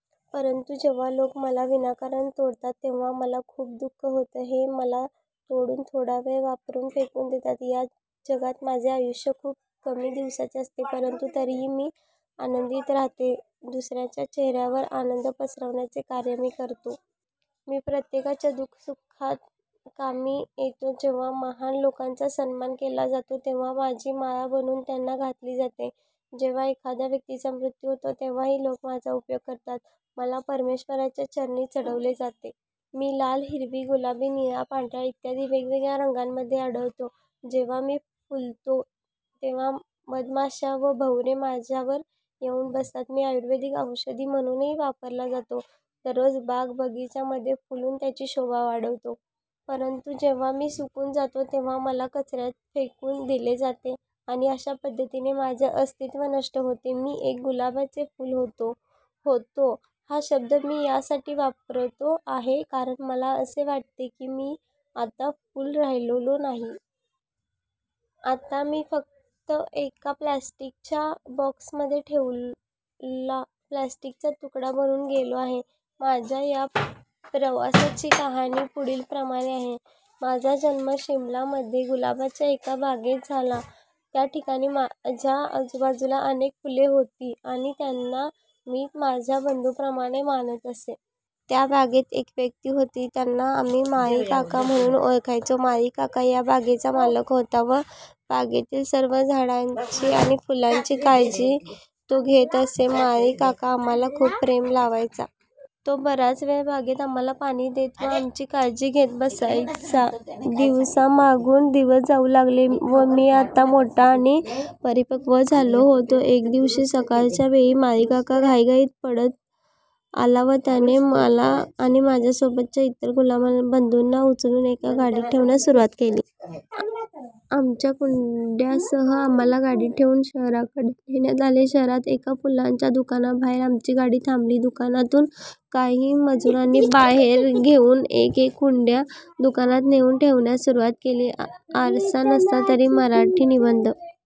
परंतु जेव्हा लोक मला विनाकारण तोडतात तेव्हा मला खूप दुःख होते ते मला तोडून थोडा वेळ वापरून फेकून देतात. या जगात माझे आयुष्य खूप कमी दिवसांचे असते, परंतु तरीही मी आनंदित राहतो. दुसऱ्यांच्या चेहर्यायावर आनंद पसरवण्याचे कार्य मी करतो. मी प्रत्येकाच्या सुख-दुःखात कामी येतो. जेव्हा महान लोकांचा सन्मान केला जातो तेव्हा माझी माळा बनवून त्यांना घातली जाते. जेव्हा एखाद्या व्यक्तीचा मृत्यू होतो तेव्हाही लोक माझा उपयोग करतात. मला परमेश्वराच्या चरणांमध्ये चढवले जाते. मी लाल, हिरवा, गुलाबी, निळा, पांढरा इत्यादी वेगवेगळ्या रंगांमध्ये आढळतो. जेव्हा मी फुलतो तेव्हा मधमाश्या व भवरे माझ्यावर येऊन बसतात. मी आयुर्वेदिक औषधी म्हणूनही वापरला जातो. दररोज बाग बगीचा मध्ये फुलून त्यांची शोभा वाढवतो. परंतु जेव्हा मी सुकून जातो तेव्हा मला कचर्यात फेकून दिले जाते आणि अशा पद्धतीने माझे अस्तित्व नष्ट होते. मी एक गुलाबाचे फुल होतो. "होतो" हा शब्द मी यासाठी वापरतो आहे कारण मला असे वाटते की मी आता फुल राहिलेलो नाही. आता मी फक्त एका प्लास्टिकच्या बॉक्समध्ये ठेवलेला प्लास्टिक चा तुकडा बनून गेलो आहे. माझ्या या प्रवासाची कहाणी पुढील प्रमाणे आहे. माझा जन्म शिमला मधील गुलाबाच्या एका बागेत झाला. त्या ठिकाणी माझ्या आजूबाजूला अनेक फुले होती आणि त्यांना मी माझ्या बंधू प्रमाणे मानत असे. त्या बागेत एक व्यक्ती होते त्यांना आम्ही माळी काका म्हणून ओळखायचो. माळी काका या बागेचा मालक होता. व बागेतील सर्व झाडांची आणि फुलांची काळजी तो घेत असे. माळी काका आम्हाला खूप प्रेम लावायचा. तो बराच वेळ बागेत आम्हाला पाणी देत व आमची काळजी घेत बसायचा. दिवसामागून दिवस जाऊ लागले. व मी आता मोठा आणि परिपक्व झालो होतो. एके दिवशी सकाळच्या वेळी माळी काका घाईघाईत पडत आला व त्याने मला आणि माझ्यासोबत च्या इतर गुलाब बंधूंना उचलून एका गाडीत ठेवण्यास सुरुवात केली. आमच्या कुंड्यांसह आम्हाला गाडीत ठेवून शहराकडे नेण्यात आले. शहरात एका फुलांच्या दुकानाबाहेर आमची गाडी थांबली. दुकानातून काही मजुरांनी बाहेर येऊन एक-एक कुंड्या दुकानात नेऊन ठेवण्यास सुरुवात केली. आरसा नसता तर मराठी निबंध <<वाचा येथे।